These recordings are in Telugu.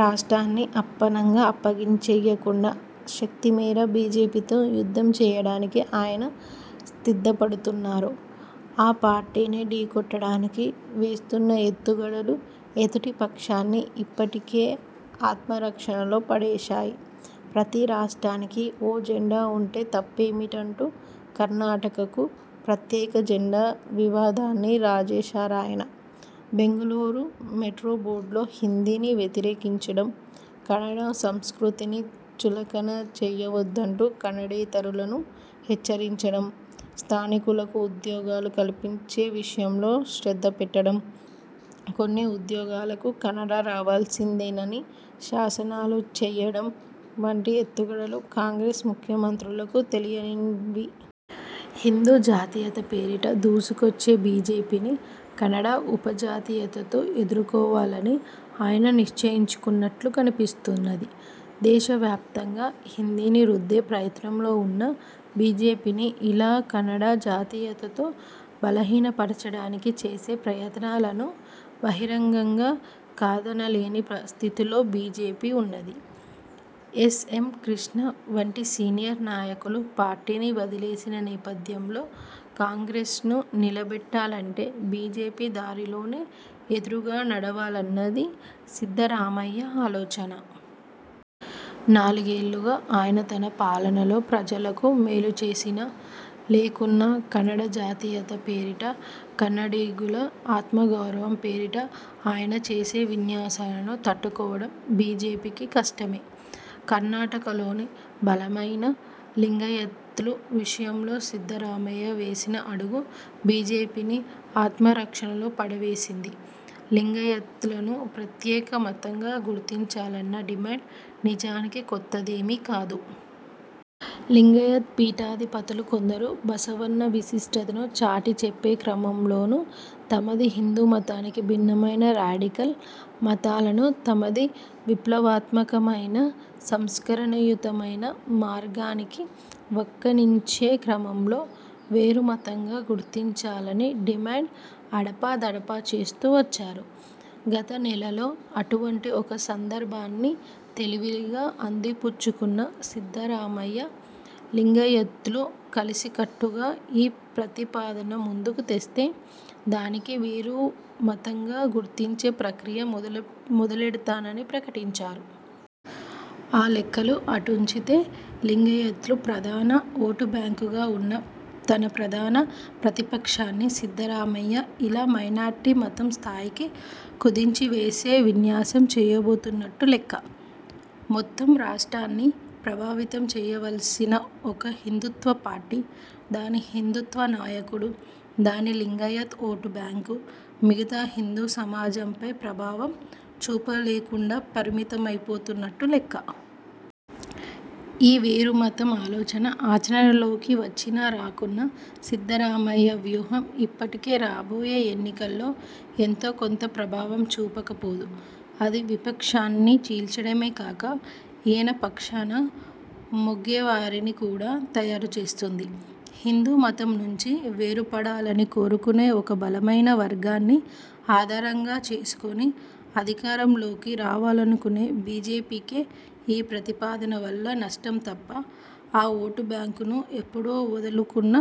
రాష్ట్రాన్ని అప్పనంగా అప్పగించేయకుండా, శక్తిమేర బీజేపీతో యుద్ధం చేయడానికి ఆయన సిద్ధపడుతున్నారు. ఆ పార్టీని ఢీకొట్టడానికి వేస్తున్న ఎత్తుగడలు ఎదుటిపక్షాన్ని ఇప్పటికే ఆత్మరక్షణలో పడేశాయి. ప్రతి రాష్ట్రానికీ ఓ జెండా ఉంటే తప్పేమిటంటూ కర్ణాటకకు ప్రత్యేక జెండా వివాదాన్ని రాజేశారు ఆయన. బెంగుళూరు మెట్రో బోర్డుల్లో హిందీని వ్యతిరేకించడం, కన్నడ సంస్కృతిని చులకన చేయవద్దంటూ కన్నడేతరులను హెచ్చరించడం, స్థానికులకు ఉద్యోగాలు కల్పించే విషయంలో శ్రద్ధపెట్టడం, కొన్ని ఉద్యోగాలకు కన్నడ రావాల్సిందేనని శాసనాలు చేయడం వంటి ఎత్తుగడలు కాంగ్రెస్ ముఖ్యమంత్రులకు తెలియనివి. హిందూ జాతీయత పేరిట దూసుకొచ్చే బీజేపీని కన్నడ ఉపజాతీయతతో ఎదుర్కోవాలని ఆయన నిశ్చయించుకున్నట్లు కనిపిస్తున్నది. దేశవ్యాప్తంగా హిందీని రుద్దే ప్రయత్నాల్లో ఉన్న బీజేపీని ఇలా కన్నడ జాతీయతతో బలహీనపరచడానికి చేసే ప్రయత్నాలను బహిరంగంగా కాదనలేని స్ధితిలో బీజేపీ ఉన్నది. ఎస్. ఎమ్. కృష్ణ వంటి సీనియర్ నాయకులు పార్టీని వదిలేసిన నేపథ్యంలో, కాంగ్రెస్ను నిలబెట్టాలంటే బీజేపీ దారిలోనే ఎదురుగా నడవాలన్నది సిద్ధరామయ్య ఆలోచన. నాలుగేళ్ళుగా ఆయన తన పాలనలో ప్రజలకు మేలుచేసినా, లేకున్నా, కన్నడ జాతీయత పేరిటా, కన్నడిగుల ఆత్మగౌరవం పేరిట ఆయన చేసే విన్యాసాలను తట్టుకోవడం బీజేపికి కష్టమే. కర్ణాటకలోని బలమైన లింగాయత్ల విషయంలో సిద్ధరామయ్య వేసిన అడుగు బీజేపీని ఆత్మరక్షణలో పడవేసింది. లింగాయత్లను ప్రత్యేక మతంగా గుర్తించాలన్న డిమాండ్ నిజానికి కొత్తదేమీ కాదు. లింగాయత్ పీఠాధిపతులు కొందరు బసవన్న విశిష్ఠతను చాటిచెప్పే క్రమంలోనూ, తమది హిందూమతానికి భిన్నమైన రాడికల్ మతాలనూ, తమది విప్లవాత్మకమైన సంస్కరణయుతమైన మార్గనికి వక్కాణించే క్రమంలో వేరుమతంగా గుర్తించాలని డిమాండ్ అడపాదడపా చేస్తూ వచ్చారు. గతనెలలో అటువంటి ఒక సందర్భాన్ని తెలివిగా అందిపుచ్చుకున్న సిద్ధరామయ్య, లింగాయత్లు కలసికట్టుగా ఈ ప్రతిపాదన ముందుకు తెస్తే, దానిని వేరుమతంగా గుర్తించే ప్రక్రియ మొదలెడతానని ప్రకటించారు. ఆ లెక్కలు అటుంచితే, లింగాయత్లు ప్రధాన ఓటుబ్యాంకుగా ఉన్న తన ప్రధాన ప్రతిపక్షాన్ని సిద్ధరామయ్య ఇలా మైనారిటీ మతం స్థాయికి కుదించివేసే విన్యాసం చేయబోతున్నట్టు లెక్క. మొత్తం రాష్ట్రాన్ని ప్రభావితం చేయవలసిన ఒక హిందూత్వ పార్టీ, దాని హిందూత్వ నాయకుడు, దాని లింగాయత్ ఓటుబ్యాంకు మిగతా హిందూ సమాజంపై ప్రభావం చూపలేకుండా పరిమితమైపోతున్నట్టు లెక్క. ఈ వేరుమతం ఆలోచన ఆచరణలోకి వచ్చినా రాకున్నా సిద్ధరామయ్య వ్యూహం ఇప్పటికే రాబోయే ఎన్నికల్లో ఎంతో కొంత ప్రభావం చూపకపోదు. అది విపక్షాన్ని చీల్చడమే కాక, ఈయన పక్షాన మొగ్గేవారిని కూడా తయారుచేస్తుంది. హిందూమతం నుంచి వేరుపడాలని కోరుకొనే ఒక బలమైన వర్గాన్ని ఆధారంగా చేసుకొని అధికారంలోకి రావాలనుకొనే బీజేపీకే ఈ ప్రతిపాదన వల్ల నష్టం తప్ప ఆ ఓటుబ్యాంకును ఎప్పుడో వదులుకొన్న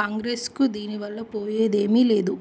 కాంగ్రెస్కు దీనివల్ల పోయెదేమీ లేదు.